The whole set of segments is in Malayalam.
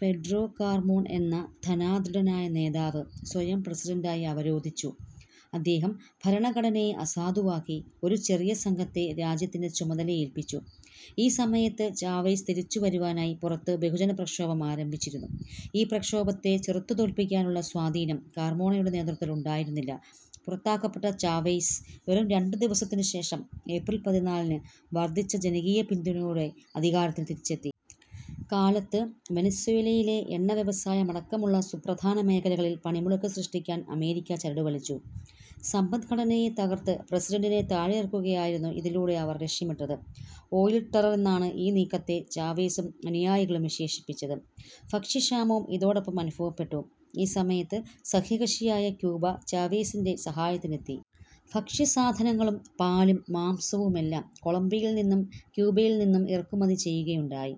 പെഡ്രോ കാർമോൺ എന്ന ധനാഢ്യനായ നേതാവ് സ്വയം പ്രസിഡന്റായി അവരോധിച്ചു. അദ്ദേഹം ഭരണഘടനയെ അസാധുവാക്കി. ഒരു ചെറിയ സംഘത്തെ രാജ്യത്തിൻ്റെ ചുമതല ഏൽപ്പിച്ചു. ഈ സമയത്ത് ചാവേസ് തിരിച്ചു വരുവാനായി പുറത്ത് ബഹുജന പ്രക്ഷോഭം ആരംഭിച്ചിരുന്നു. ഈ പ്രക്ഷോഭത്തെ ചെറുത്തുതോൽപ്പിക്കാനുള്ള സ്വാധീനം കാർമോണയുടെ നേതൃത്വത്തിനുണ്ടായിരുന്നില്ല. പുറത്താക്കപ്പെട്ട ചാവെസ് വെറും രണ്ടു ദിവസത്തിനുശേഷം, ഏപ്രിൽ പതിനാലിന് വർദ്ധിച്ച ജനകീയപിന്തുണയോടെ അധികാരത്തിൽ തിരിച്ചെത്തി. കാലത്ത് വെനസ്വേലയിലെ എണ്ണവ്യവസായമടക്കമുള്ള സുപ്രധാന മേഖലകളിൽ പണിമുടക്ക് സൃഷ്ടിക്കാൻ അമേരിക്ക ചരടുവലിച്ചു. സമ്പദ്ഘടനയെ തകർത്ത് പ്രസിഡന്റിനെ താഴെയിറക്കുകയായിരുന്നു ഇതിലൂടെ അവർ ലക്ഷ്യമിട്ടത്. ഓയിൽ ടെറർ എന്നാണ് ഈ നീക്കത്തെ ചാവേസും അനുയായികളും വിശേഷിപ്പിച്ചത്. ഭക്ഷ്യക്ഷാമവും ഇതോടൊപ്പം അനുഭവപ്പെട്ടു. ഈ സമയത്ത് സഖ്യകകഷിയായ ക്യൂബ ചാവേസിന്റെ സഹായത്തിനെത്തി. ഭക്ഷ്യസാധനങ്ങളും, പാലും മാംസവും എല്ലാം കൊളംബിയയിൽ നിന്നും ക്യൂബയിൽ നിന്നും ഇറക്കുമതി ചെയ്യുകയുണ്ടായി.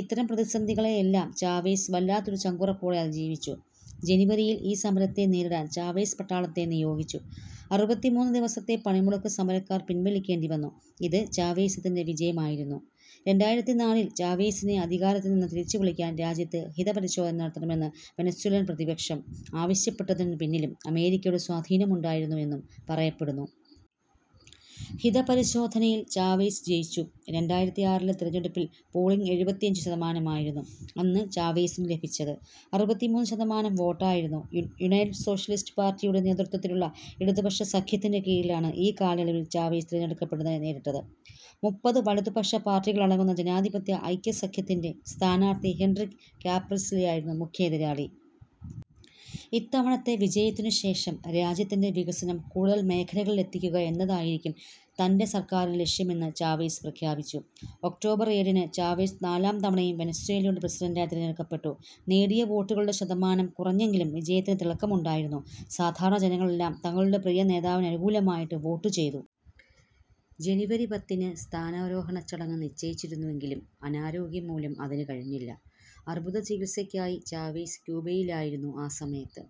ഇത്തരം പ്രതിസന്ധികളെയെല്ലാം ചാവേസ് വല്ലാത്തൊരു ചങ്കുറപ്പോടെ അതിജീവിച്ചു. ജനുവരിയിൽ ഈ സമരത്തെ നേരിടാൻ ചാവേസ് പട്ടാളത്തെ നിയോഗിച്ചു. അറുപത്തിമൂന്ന് ദിവസത്തെ പണിമുടക്ക് സമരക്കാർക്ക് പിൻവലിക്കേണ്ടിവന്നു. ഇത് ചാവേസിന്റെ വിജയമായിരുന്നു. രണ്ടായിരത്തി നാലിൽ ചാവേസിനെ അധികാരത്തിൽനിന്ന് തിരിച്ചുവിളിക്കാൻ രാജ്യത്ത് ഹിതപരിശോധന നടത്തണമെന്ന് വെനസ്വേലൻ പ്രതിപക്ഷം ആവശ്യപ്പെട്ടതിനുപിന്നിലും അമേരിക്കയുടെ സ്വാധീനമുണ്ടായിരുന്നു എന്നു പറയപ്പെടുന്നു. ഹിതപരിശോധനയിൽ ചാവെസ് ജയിച്ചു. രണ്ടായിരത്തി ആറിലെ തെരഞ്ഞെടുപ്പിൽ പോളിങ്ങ് എഴുപത്തിയഞ്ച് ശതമാനമായിരുന്നു. അന്ന് ചാവെസിനു ലഭിച്ചത് അറുപത്തിമൂന്ന് ശതമാനം വോട്ടായിരുന്നു. യുനൈറ്റഡ് സോഷ്യലിസ്റ്റ് പാർട്ടിയുടെ നേതൃത്വത്തിലുള്ള ഇടതുപക്ഷ സഖ്യത്തിന്റെ കീഴിലാണ് ഈ കാലയളവിൽ ചാവേസ് തിരഞ്ഞെടുപ്പിനെ നേരിട്ടത്. മുപ്പത് വലതുപക്ഷ പാർട്ടികളടങ്ങുന്ന ജനാധിപത്യ ഐക്യസഖ്യത്തിന്റെ സ്ഥാനാർത്ഥി ഹെൻറിക് കാപ്രിലെസായിരുന്നു മുഖ്യ എതിരാളി. ഇത്തവണത്തെ വിജയത്തിനുശേഷം, രാജ്യത്തിന്റെ വികസനം കൂടുതൽ മേഖലകളിലേക്കെത്തിക്കുക എന്നതായിരിക്കും തന്റെ സർക്കാരിന്റെ ലക്ഷ്യമെന്ന് ചാവേസ് പ്രഖ്യാപിച്ചു. ഒക്ടോബർ ഏഴിന് ചാവേസ് നാലാം തവണയും വെനസ്വേലയുടെ പ്രസിഡന്റായി തിരഞ്ഞെടുക്കപ്പെട്ടു. നേടിയ വോട്ടുകളുടെ ശതമാനം കുറഞ്ഞെങ്കിലും വിജയത്തിന് തിളക്കമുണ്ടായിരുന്നു. സാധാരണ ജനങ്ങളെല്ലാം തങ്ങളുടെ പ്രിയ നേതാവിനനുകൂലമായി വോട്ട് ചെയ്തു. ജനുവരി പത്തിന് സ്ഥാനാരോഹണ ചടങ്ങ് നിശ്ചയിച്ചിരുന്നുവെങ്കിലും അനാരോഗ്യം മൂലം അതിനു കഴിഞ്ഞിരുന്നില്ല. അർബുദചികിത്സക്കായി ചാവേസ് ക്യൂബയിലായിരുന്നു ആ സമയത്ത്.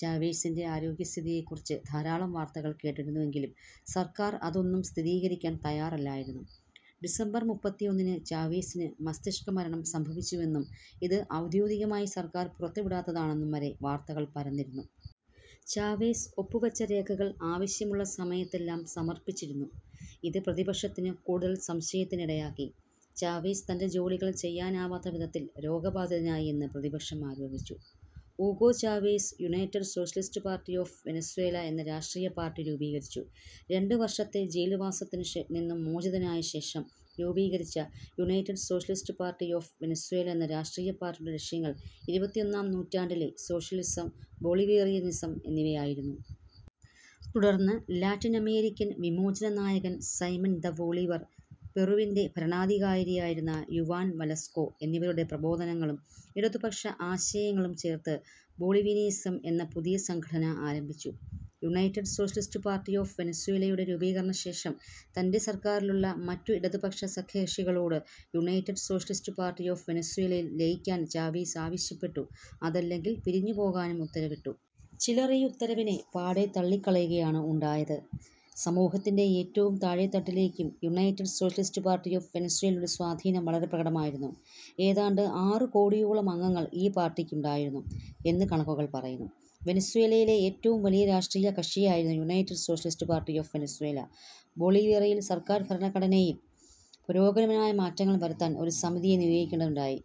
ചാവേസിന്റെ ആരോഗ്യസ്ഥിതിയെക്കുറിച്ച് ധാരാളം വാർത്തകൾ കേട്ടിരുന്നുവെങ്കിലും സർക്കാർ അതൊന്നും സ്ഥിരീകരിക്കാൻ തയ്യാറല്ലായിരുന്നു. ഡിസംബർ മുപ്പത്തിയൊന്നിന് ചാവേസിന് മസ്തിഷ്കമരണം സംഭവിച്ചുവെന്നും, ഇത് ഔദ്യോഗികമായി സർക്കാർ പുറത്തുവിടാത്തതാണെന്നും വരെ വാർത്തകൾ പരന്നിരുന്നു. ചാവേസ് ഒപ്പുവെച്ച രേഖകൾ ആവശ്യമുള്ള സമയത്തെല്ലാം സമർപ്പിച്ചിരുന്നു. ഇത് പ്രതിപക്ഷത്തിനു കൂടുതൽ സംശയത്തിനിടയാക്കി. ചാവേസ് തന്റെ ജോലികൾ ചെയ്യാനാവാത്ത വിധത്തിൽ രോഗബാധിതനായി എന്ന് പ്രതിപക്ഷം ആരോപിച്ചു. Hugo Chavez United Socialist Party of Venezuela എന്ന രാഷ്ട്രീയ പാർട്ടി രൂപീകരിച്ചു. രണ്ടു വർഷത്തെ ജയിൽ വാസത്തിൽ നിന്നും മോചിതനായ ശേഷം രൂപീകരിച്ച United Socialist Party of Venezuela എന്ന രാഷ്ട്രീയ പാർട്ടിയുടെ ലക്ഷ്യങ്ങൾ ഇരുപത്തിയൊന്നാം നൂറ്റാണ്ടിലെ സോഷ്യലിസം, ബൊളിവേറിയനിസം എന്നിവയായിരുന്നു. തുടർന്ന് ലാറ്റിനമേരിക്കൻ വിമോചന നായകൻ സൈമൻ ദ ബൊളീവർ, പെറുവിന്റെ ഭരണാധികാരിയായിരുന്ന യുവാൻ വലസ്കോ എന്നിവരുടെ പ്രബോധനങ്ങളും ഇടതുപക്ഷ ആശയങ്ങളും ചേർത്ത് ബൊളീവിയനിസം എന്ന പുതിയ സംഘടന ആരംഭിച്ചു. യുണൈറ്റഡ് സോഷ്യലിസ്റ്റ് പാർട്ടി ഓഫ് വെനസ്വേലയുടെ രൂപീകരണശേഷം തന്റെ സർക്കാരിലുള്ള മറ്റു ഇടതുപക്ഷ സഖ്യകകഷികളോട് യുണൈറ്റഡ് സോഷ്യലിസ്റ്റ് പാർട്ടി ഓഫ് വെനസ്വേലയിൽ ലയിക്കാൻ ചാവേസ് ആവശ്യപ്പെട്ടു അതല്ലെങ്കിൽ പിരിഞ്ഞുപോകുവാനും ഉത്തരവിട്ടു. ചിലർ ഈ ഉത്തരവിനെ പാടേ തള്ളിക്കളയുകയാണുണ്ടായത്. സമൂഹത്തിന്റെ ഏറ്റവും താഴേതട്ടിലേക്കും യുണൈറ്റഡ് സോഷ്യലിസ്റ്റ് പാർട്ടി ഓഫ് വെനസ്വേലയുടെ സ്വാധീനം വളരെ പ്രകടമായിരുന്നു. ഏതാണ്ട് ആറ് കോടിയോളം അംഗങ്ങൾ ഈ പാർട്ടിക്കുണ്ടായിരുന്നു എന്ന് കണക്കുകൾ പറയുന്നു. വെനസ്വേലയിലെ ഏറ്റവും വലിയ രാഷ്ട്രീയ കക്ഷിയായിരുന്നു United Socialist Party of Venezuela. Bolivarian സർക്കാർ ഭരണഘടനയിൽ പുരോഗമനപരമായ മാറ്റങ്ങൾ വരുത്താൻ ഒരു സമിതിയെ നിയോഗിക്കുകയുണ്ടായി.